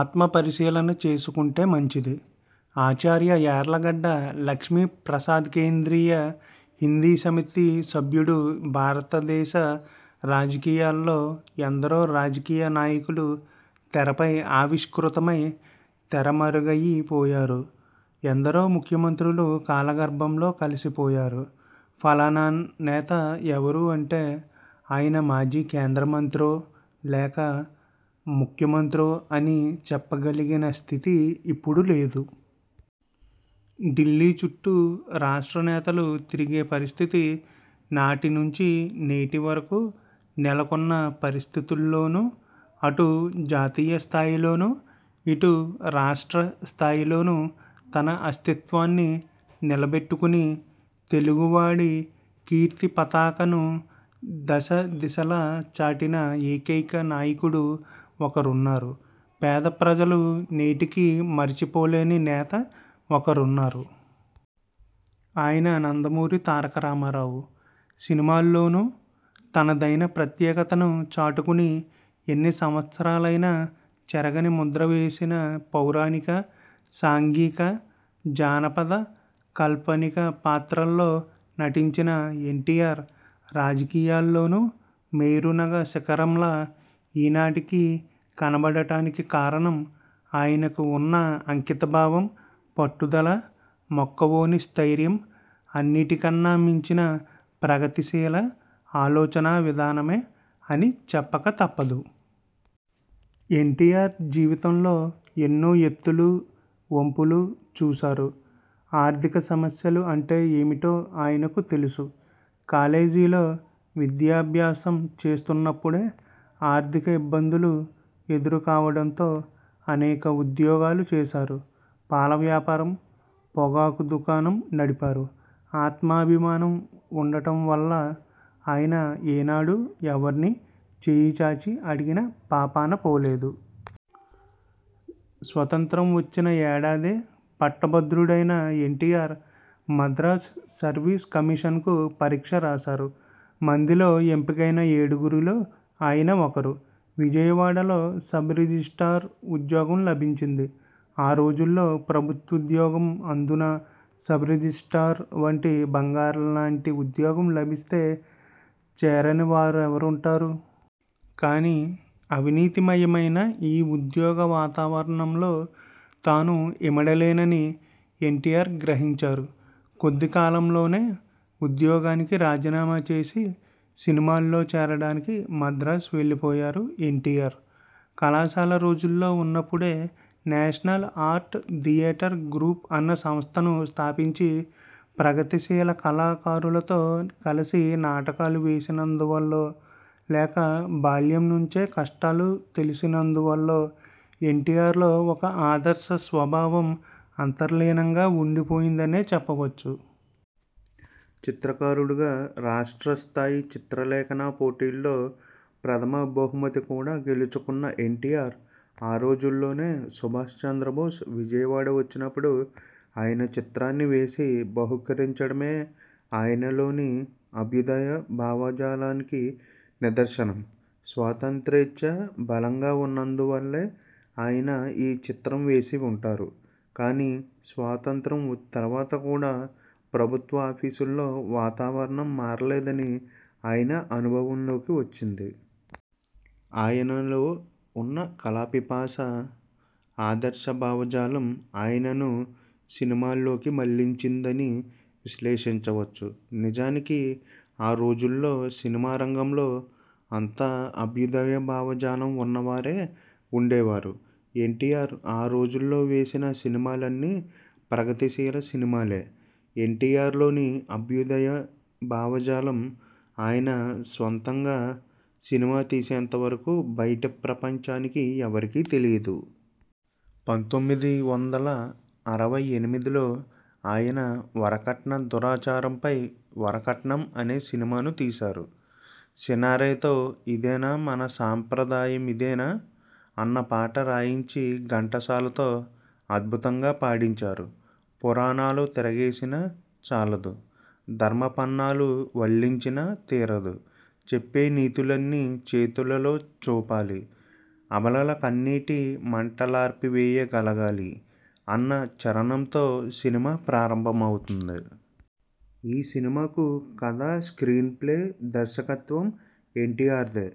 ఆత్మపరిశీలన చేసుకుంటే మంచిది. ఆచార్య యార్లగడ్డ లక్ష్మీ ప్రసాద్కేంద్రీయ హిందీ సమితి సభ్యుడు భారతదేశ రాజకీయాల్లో ఎందరో రాజకీయ నాయకులు తెరపై ఆవిష్కృతమై తెరమరుగయిపోయారు. ఎందరో ముఖ్యమంత్రులు కాలగర్భంలో కలిసిపోయారు. ఫలానా నేత ఎవరు అంటే ఆయన మాజీ కేంద్రమంత్రో – లేక ముఖ్యమంత్రో అని చెప్పగలిగిన స్థితి ఇప్పుడు లేదు. ఢిల్లీ చుట్టూ రాష్ట్ర నేతలు తిరిగే పరిస్థితి నాటినుంచి నేటి వరకు నెలకొన్న పరిస్థితుల్లోనూ అటు జాతీయస్థాయిలోనూ, ఇటు రాష్ట్ర స్థాయిలోనూ తన అస్తిత్వాన్ని నిలబెట్టుకుని, తెలుగువాడి కీర్తి పతాకను దశదిశలా చాటిన ఏకైక నాయకుడు ఒకరున్నారు. పేద ప్రజలు నేటికీ మరిచిపోలేని నేత ఒకరున్నారు. ఆయన నందమూరి తారక రామారావు. సినిమాల్లోనూ తనదైన ప్రత్యేకతను చాటుకుని ఎన్ని సంవత్సరాలైనా చెరగని ముద్ర వేసిన పౌరాణిక, సాంఘిక, జానపద కాల్పనిక పాత్రల్లో నటించిన ఎన్టీఆర్ రాజకీయాల్లోనూ మేరునగ శిఖరంలా ఈ నాటికి కనబడటానికి కారణం ఆయనకు ఉన్న అంకితభావం, పట్టుదల, మొక్కవోని స్థైర్యం అన్నిటికన్నా మించిన ప్రగతిశీల ఆలోచనా విధానమే అని చెప్పక తప్పదు. ఎన్టీఆర్ జీవితంలో ఎన్నో ఎత్తులు వంపులు చూశారు. ఆర్థిక సమస్యలు అంటే ఏమిటో ఆయనకు తెలుసు. కాలేజీలో విద్యాభ్యాసం చేస్తున్నప్పుడే ఆర్థిక ఇబ్బందులు ఎదురు కావడంతో అనేక ఉద్యోగాలు చేశారు. పాలవ్యాపారం, పొగాకు దుకాణం నడిపారు. ఆత్మాభిమానం ఉండడం వల్ల ఆయన ఏనాడూ ఎవర్నీ చేయిచాచి అడిగిన పాపాన పోలేదు. స్వాతంత్ర్యం వచ్చిన ఏడాదే పట్టభద్రుడైన ఎన్టీఆర్ మద్రాస్ సర్వీస్ కమిషన్కు పరీక్ష రాశారు. మందిలో ఎంపికైన ఏడుగురిలో ఆయన ఒకరు. విజయవాడలో సబ్ రిజిస్ట్రార్ ఉద్యోగం లభించింది. ఆ రోజుల్లో ప్రభుత్వోద్యోగం అందునా సబ్ రిజిస్ట్రార్ వంటి బంగారం లాంటి ఉద్యోగం లభిస్తే చేరని వారెవరుంటారు? కాని అవినీతి మయమైన ఈ ఉద్యోగ వాతావరణంలో తాను ఇమడలేనని ఎన్టీఆర్ గ్రహించారు. కొద్ది కాలంలోనే ఉద్యోగానికి రాజీనామా చేసి సినిమాల్లో చేరడానికి మద్రాస్ వెళ్లిపోయారు ఎన్టీఆర్. కళాశాల రోజుల్లో ఉన్నప్పుడే నేషనల్ ఆర్ట్ థియేటర్ గ్రూప్ అన్న సంస్థను స్థాపించి ప్రగతిశీల కళాకారులతో కలిసి నాటకాలు వేసినందువల్లో లేక బాల్యం నుంచే కష్టాలు తెలిసినందువల్లో ఎన్టీఆర్లో ఒక ఆదర్శ స్వభావం అంతర్లీనంగా ఉండిపోయిందనే చెప్పవచ్చు. చిత్రకారుడుగా రాష్ట్ర స్థాయి చిత్రలేఖన పోటీల్లో ప్రథమ బహుమతి కూడా గెలుచుకున్న ఎన్టీఆర్ ఆ రోజుల్లోనే సుభాష్ చంద్రబోస్ విజయవాడ వచ్చినప్పుడు ఆయన చిత్రాన్ని వేసి బహూకరించడమే ఆయనలోని అభ్యుదయ భావజాలానికి నిదర్శనం. స్వాతంత్ర్యేచ్ఛ బలంగా ఉన్నందువల్లే ఆయన ఈ చిత్రం వేసి ఉంటారు. కాని స్వాతంత్ర్యం తర్వాత కూడా ప్రభుత్వ ఆఫీసుల్లో వాతావరణం మారలేదని ఆయన అనుభవంలోకి వచ్చింది. ఆయనలో ఉన్న కళా పిపాస, ఆదర్శ భావజాలం ఆయనను సినిమాలోకి మళ్లించిందని విశ్లేషించవచ్చు. నిజానికి ఆ రోజుల్లో సినిమా రంగంలో అంతా అభ్యుదయ భావజాలం ఉన్న వారే ఉండేవారు. ఎన్టీఆర్ ఆ రోజుల్లో వేసిన సినిమాలన్నీ ప్రగతిశీల సినిమాలే. ఎన్టీఆర్లోని అభ్యుదయ భావజాలం ఆయన స్వంతంగా సినిమా తీసేంతవరకూ బయట ప్రపంచానికి ఎవరికీ తెలియదు. పంతొమ్మిది వందల అరవై ఎనిమిదిలో ఆయన వరకట్న దురాచారంపై వరకట్నం అనే సినిమాను తీశారు. సినారేతో ఇదేనా మన సంప్రదాయమిదేనా అన్న పాట రాయించి ఘంటసాలతో అద్భుతంగా పాడించారు. పురాణాలు తిరగేసిన చాలదు, ధర్మ పన్నాలు వల్లించిన తీరదు చెప్పే నీతులన్నీ చేతలలో చూపాలి, అబలల కన్నీటి మంటలార్పివేయ గలగాలి అన్న చరణంతో సినిమా ప్రారంభమవుతున్నది. ఈ సినిమాకు కథ, స్క్రీన్ ప్లే, దర్శకత్వం ఎన్టీఆర్దే.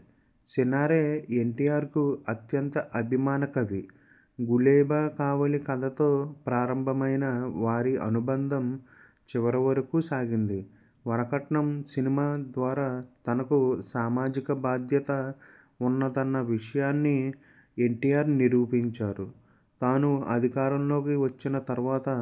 సినారే ఎన్టీఆర్కు అత్యంత అభిమాన కవి. గులేబకావళి కథతో ప్రారంభమైన వారి అనుబంధం చివరివరకూ సాగింది. వరకట్నం సినిమా ద్వారా తనకు సామాజిక బాధ్యత ఉన్నదన్న విషయాన్ని ఎన్టీఆర్ నిరూపించారు. తాను అధికారంలోకి వచ్చిన తర్వాత